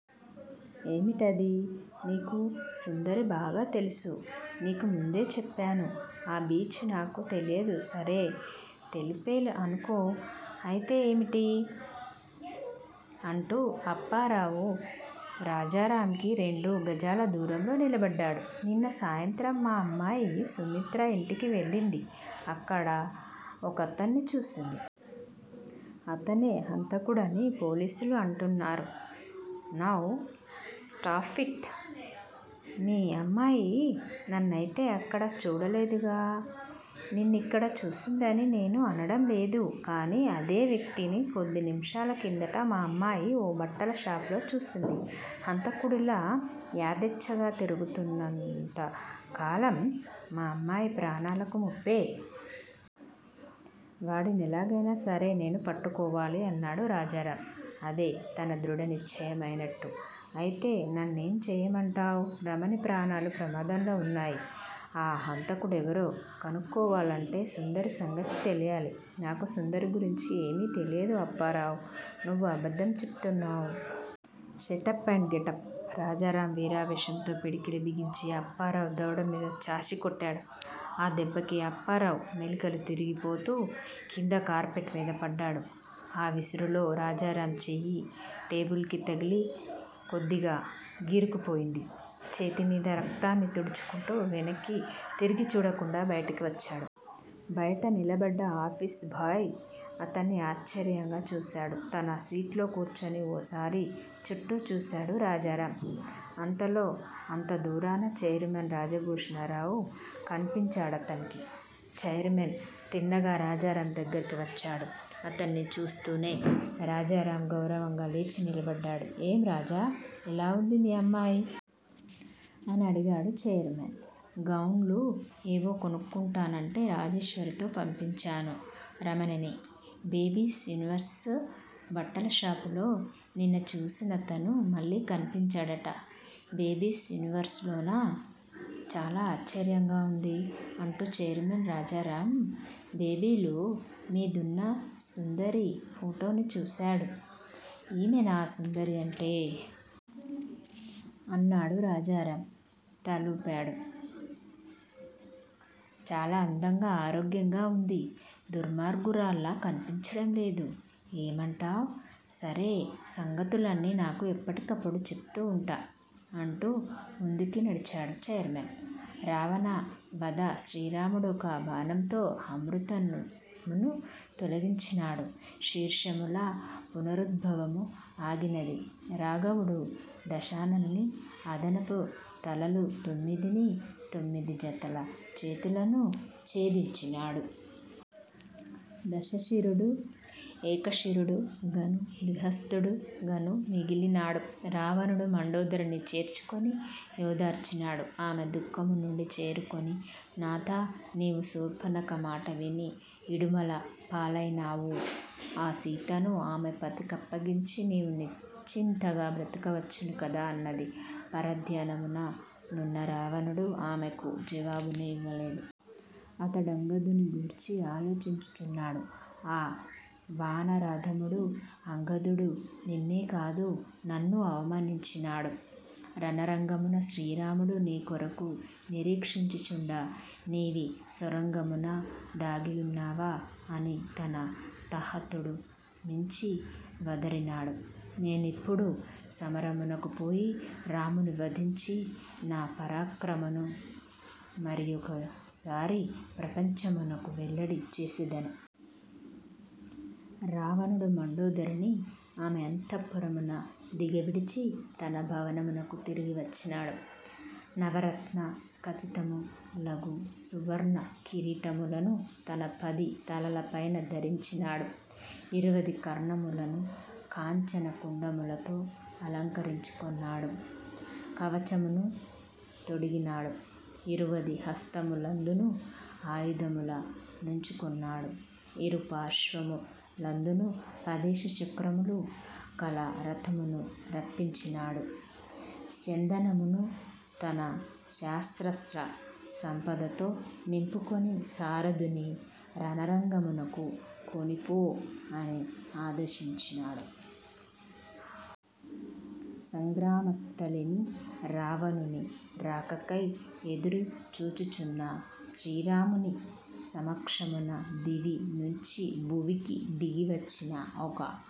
ఏమిటది? నీకు సుందరి బాగా తెలుసు! నీకు ముందే చెప్పాను. ఆ బీచ్ నాకు తెలీదు సరే! తెలుపే అనుకో అయితే ఏమిటి? అంటూ అప్పారావు రాజారామ్ కి రెండు గజాల దూరంలో నిలబడ్డాడు. నిన్న సాయంత్రం మా అమ్మాయి సుమిత్ర ఇంటికి వెళ్ళింది. అక్కడ ఒకతన్ని చూసింది. అతనే హంతకుడని పోలీసులు అంటున్నారు నౌ స్టాపిట్! మీ అమ్మాయి నన్నయితే అక్కడ చూడలేదుగా! నిన్నిక్కడ చూసిందని నేను అనడం లేదు. కాని అదే వ్యక్తిని కొద్ది నిమిషాల కిందట మా అమ్మాయి ఓ బట్టల షాపులో చూసింది. హంతకుడిలా యధేచ్చగా తిరుగుతున్నంత కాలం మా అమ్మాయి ప్రాణాలకు ముప్పే! వాడినెలాగైనా సరే నేను పట్టుకోవాలి! అన్నాడు రాజారామ్ అదే తన దృఢ నిశ్చయం అయినట్టు. అయితే నన్నేం చెయ్యమంటావ్? రమణి ప్రాణాలు ప్రమాదంలో ఉన్నాయి. ఆ హంతకుడెవరో కనుక్కోవాలంటే సుందరి సంగతి తెలియాలి! నాకు సుందరి గురించి ఏమీ తెలీదు అప్పారావ్ నువ్వు అబద్దం చెప్తున్నావ్! Shut up and get out! రాజారామ్ వీరావేశంతో పిడికిలి బిగించి అప్పారావు దవడ మీద చాచి కొట్టాడు. ఆ దెబ్బకి అప్పారావు మెలికలు తిరిగిపోతూ కింద కార్పెట్ మీద పడ్డాడు. ఆ విసురులో రాజారామ్ చెయ్యి టేబిలుకి తగిలి కొద్దిగా గీరుకుపోయింది. చేతిమీద రక్తాన్ని తుడుచుకుంటూ వెనక్కి తిరిగిచూడకుండా బయటికి వచ్చాడు. బయట నిలబడ్డ ఆఫీసు బాయ్ అతన్ని ఆశ్చర్యంగా చూశాడు. తన సీట్లో కూర్చుని ఓ సారి చుట్టూ చూశాడు రాజారామ్. అంతలో అంత దూరాన చైర్మన్ రాజభూషణరావు కన్పించాడతనికి. చైర్మన్ తిన్నగా రాజారామ్ దగ్గరికి వచ్చాడు. అతన్ని చూస్తూనే రాజారామ్ గౌరవంగా లేచి నిలబడ్డాడు. ఏం రాజా, ఎలా ఉంది మీ అమ్మాయి? అనడిగాడు చైర్మన్. గౌన్లు ఏవో కొనుక్కుంటానంటే రాజేశ్వరితో పంపించాను రమణిని. 'బేబీస్ యూనివర్స్' బట్టల షాపులో నిన చూసినతను మళ్ళీ కన్పించాడట! బేబీస్ యూనివర్స్ లోనా? చాలా ఆశ్చర్యంగా ఉంది. అంటూ చైర్మన్ రాజారామ్ టేబిలు మీదున్న సుందరి ఫోటోని చూశాడు. ఈమేనా సుందరి అంటే? అన్నాడు. రాజారామ్ తలూపాడు. చాలా అందంగా ఆరోగ్యంగా ఉంది. దుర్మార్గురాల్లా కన్పించడం లేదు. ఏమంటావ్? సరే సంగతులన్నీ నాకు ఎప్పటికప్పుడు చెప్తూ ఉంట. అంటూ ముందుకి నడిచాడు చైర్మన్. రావణ వధ శ్రీరాముడొక బాణముతో అమృతమును తొలగించినాడు. శీర్షముల పునరుద్భవము ఆగినది. రాఘవుడు దశాననుని అదనపు తలలు తొమ్మిదినీ, తొమ్మిది జతల చేతులనూ ఛేదించినాడు. దశ శిరుడు ఏకశిరుడుగను ద్విహస్తుడుగను మిగిలినాడు. రావణుడు మండోదరిని చేర్చుకొని యోదార్చినాడు. ఆమె దుఃఖము నుండి తేరుకొని నాథా, నీవు శూర్పనఖ మాట విని ఇడుమల పాలైనావు. ఆ సీతను ఆమె పతి కప్పగించి నీవు నిశ్చింతగా బ్రతుకవచ్చును కదా? అన్నది. పరధ్యానమున నున్న రావణుడు ఆమెకు జవాబును ఇవ్వలేదు. అతడంగదుని గూర్చి ఆలోచించుచున్నాడు. ఆ వానరాధముడు అంగదుడు నిన్నేకాదు నన్నూ అవమానించినాడు. 'రణరంగమున శ్రీరాముడు నీకొరకు నిరీక్షించుచుండ నీవీ సొరంగమున దాగియున్నావా? ' అని తన తాహతుడు మించి వదరినాడు! నేనిప్పుడు సమరమునకు పోయి రాముని వధించి నా పరాక్రమమును మరియొకసారి ప్రపంచమునకు వెల్లడి చేసెదను. రావణుడు మండోదరిని ఆమె అంతఃపురమున దిగవిడిచి తన భవనమునకు తిరిగి వచ్చినాడు. నవరత్న ఖచితములగు సువర్ణ కిరీటములను తన పది తలలపైన ధరించినాడు. ఇరువది కర్ణములను కాంచన కుండలములతో అలంకరించుకొన్నాడు. కవచమును తొడిగినాడు. ఇరువది హస్తములందును ఆయుధముల నుంచుకొన్నాడు ఇరు పార్శ్వములందును పదేసి చక్రములు కల రథమును రప్పించినాడు స్యందనమును తన శస్త్రాస్త్ర సంపదతో నింపుకొని సారథుని రణరంగమునకు కొనిపో అని ఆదేశించినాడు. సంగ్రామస్థలిని రావణుని రాకకై ఎదురుచూచుచున్న శ్రీరాముని సమక్షమున దివి నుండి భువికి దిగివచ్చిన ఒక